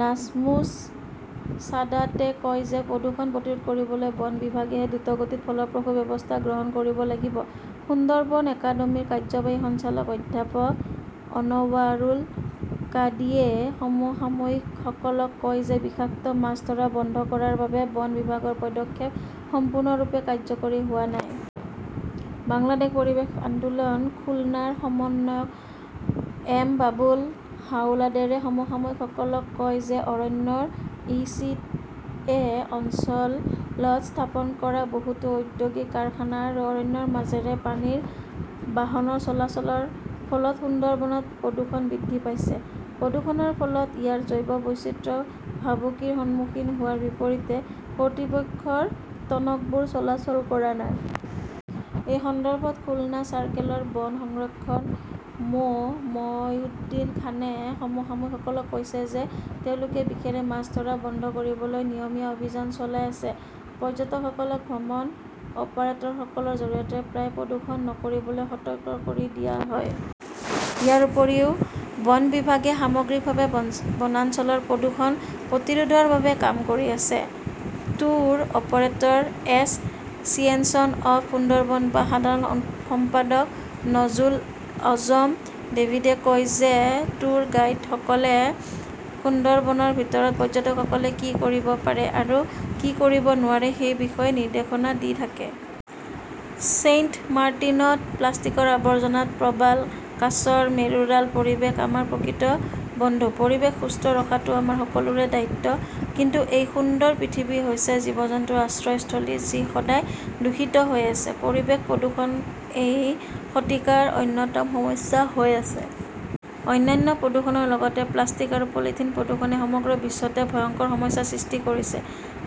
নাজমুছ ছাদাতে কয় যে প্ৰদূষণ প্ৰতিৰোধ কৰিবলৈ বন বিভাগেহে দ্ৰুতগতিত ফলপ্ৰসূ ব্যৱস্থা গ্ৰহণ কৰিব লাগিব। সুন্দৰবন একাডেমীৰ কাৰ্যবাহী সঞ্চালক অধ্যাপক অনৱাৰুল কাদিয়ে সমসাময়িকসকলক কয় যে বিষাক্ত মাছ ধৰা বন্ধ কৰাৰ বাবে বন বিভাগৰ পদক্ষেপ সম্পূৰ্ণৰূপে কাৰ্যকৰী হোৱা নাই। বাংলাদেশ পৰিৱেশ আন্দোলন খুলনাৰ সমন্বয়ক এম বাবুল হাওলাডাৰে সমসাময়িকসকলক কয় যে অৰণ্যৰ ই. চি. এ. অঞ্চলত স্থাপন কৰা বহুতো ঔদ্যোগিক কাৰখানা আৰু অৰণ্যৰ মাজেৰে পানীৰ বাহনৰ চলাচলৰ ফলত সুন্দৰবনত প্ৰদূষণ বৃদ্ধি পাইছে। প্ৰদূষণৰ ফলত ইয়াৰ জৈৱ বৈচিত্ৰ্য ভাবুকিৰ সন্মুখীন হোৱাৰ বিপৰীতে কৰ্তৃপক্ষৰ টনকবোৰ চলাচল কৰা নাই। এই সন্দৰ্ভত খুলনা চাৰ্কেলৰ বন সংৰক্ষক মো. মইনুদ্দিন খানে সমসাময়িকসকলক কৈছিল যে তেওঁলোকে বিষৰে মাছ ধৰা বন্ধ কৰিবলৈ নিয়মীয়া অভিযান চলাই আছে। পৰ্যটকসকলক ভ্ৰমণ অপাৰেটৰসকলৰ জৰিয়তে প্ৰায়ে প্ৰদূষণ নকৰিবলৈ সতৰ্ক কৰি দিয়া হয়। ইয়াৰ উপৰিও, বন বিভাগে সামগ্ৰিকভাৱে বনাঞ্চলৰ প্ৰদূষণ প্ৰতিৰোধৰ বাবে কাম কৰি আছে। Tour operator "association of Sundarban ৰ সাধাৰণ সম্পাদক নজজুল আজম ডেভিডে কয় যে ট্যুৰ গাইডসকলে সুন্দৰবনৰ ভিতৰত পৰ্যটকসকলে কি কৰিব পাৰে আৰু কি কৰিব নোৱাৰে সেই বিষয়ে নিৰ্দেশনা দি থাকে। ছেইণ্টমাৰ্টিনত প্লাষ্টিকৰ আৱৰ্জনাত প্ৰবাল, কাছৰ মেৰুৰাল পৰিৱেশ আমাৰ প্ৰকৃত বন্ধু। পৰিৱেশ সুস্থ ৰখাটো আমাৰ সকলোৰে দায়িত্ব। কিন্তু এই সুন্দৰ পৃথিৱী হৈছে জীৱ-জন্তুৰ আশ্ৰয়স্থলী যি সদায় দূষিত হৈ আহিছে। পৰিৱেশ প্ৰদূষণ এই শতিকাৰ অন্যতম সমস্যা হৈ পৰিছে। অন্যান্য প্ৰদূষণৰ লগতে প্লাষ্টিক আৰু পলিথিন প্ৰদূষণে সমগ্ৰ বিশ্বতে ভয়ংকৰ সমস্যাৰ সৃষ্টি কৰিছে।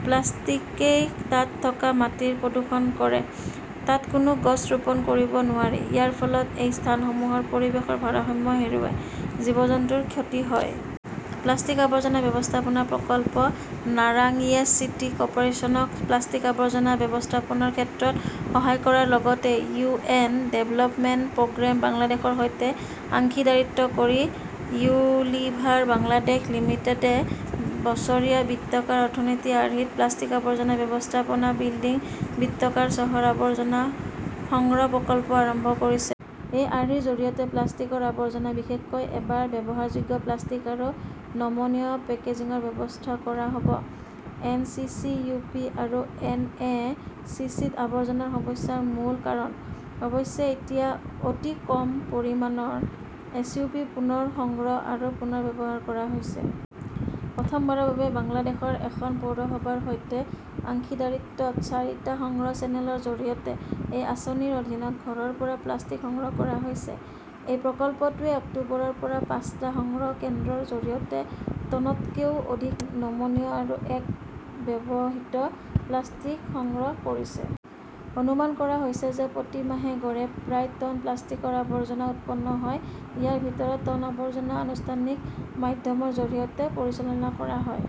প্লাষ্টিকই তাত থকা মাটিৰ প্ৰদূষণ কৰে। তাত কোনো গছ ৰোপণ কৰিব নোৱাৰি। ইয়াৰ ফলত সেই স্থানসমূহৰ পৰিৱেশৰ ভাৰসাম্য হেৰুৱায়, জীৱ-জন্তুৰ ক্ষতি হয়। প্লাষ্টিক আৱৰ্জনা ব্যৱস্থাপনা প্ৰকল্প নাৰাংয়েজ চিটি কৰ্পোৰেচন ক প্লাষ্টিক আৱৰ্জনা ব্যৱস্থাপনাৰ ক্ষেত্ৰত সহায় কৰাৰ লগতে ইউ. এন. ডেভেলপমেণ্ট প্ৰগ্ৰেম বাংলাদেশৰ সৈতে অংশীদাৰিত্ব কৰি ইউনিলিভাৰ বাংলাদেশ লিমিটেডে বছৰীয়া বৃত্তাকাৰ অৰ্থনীতি আৰ্হিত 'প্লাষ্টিক আৱৰ্জনা ব্যৱস্থাপনাঃ বিল্ডিং বৃত্তাকাৰ চহৰ' আৱৰ্জনা সংগ্ৰহ প্ৰকল্প আৰম্ভ কৰিছে। এই আৰ্হিৰ জৰিয়তে প্লাষ্টিকৰ আৱৰ্জনা, বিশেষকৈ এবাৰ ব্যৱহাৰযোগ্য প্লাষ্টিক আৰু নমনীয় পেকেজিংৰ ব্যৱস্থাপনা কৰা হ 'ব। N. C. C. U. P. আৰু ই এন. চি. চি. ত আৱৰ্জনাৰ সমস্যাৰ মূল কাৰণ। অৱশ্যে, এতিয়া অতি কম পৰিমাণৰ এছইউপি পুনৰ সংগ্ৰহ আৰু পুনৰ্ব্যৱহাৰ কৰা হৈছে। প্ৰথমবাৰৰ বাবে বাংলাদেশৰ এখন পৌৰসভাৰ সৈতে অংশীদাৰিত্বত চাৰি টা সংগ্ৰহ চেনেলৰ জৰিয়তে এই আঁচনিৰ অধীনত ঘৰৰ পৰা প্লাষ্টিক সংগ্ৰহ কৰা হৈছে। এই প্ৰকল্পটোৱে অক্টোবৰৰ পৰা পাঁচ টা সংগ্ৰহ কেন্দ্ৰৰ জৰিয়তে টনতকৈও অধিক নমনীয় আৰু একক ব্যৱহৃত প্লাষ্টিক সংগ্ৰহ কৰিছে। অনুমান কৰা হৈছে যে প্ৰতি মাহে গড়ে প্ৰায় টন প্লাষ্টিকৰ আৱৰ্জনা উৎপন্ন হয়। ইয়াৰ ভিতৰত টন আৱৰ্জনা অনানুষ্ঠানিক মাধ্যমৰ জৰিয়তে পৰিচালনা কৰা হয়,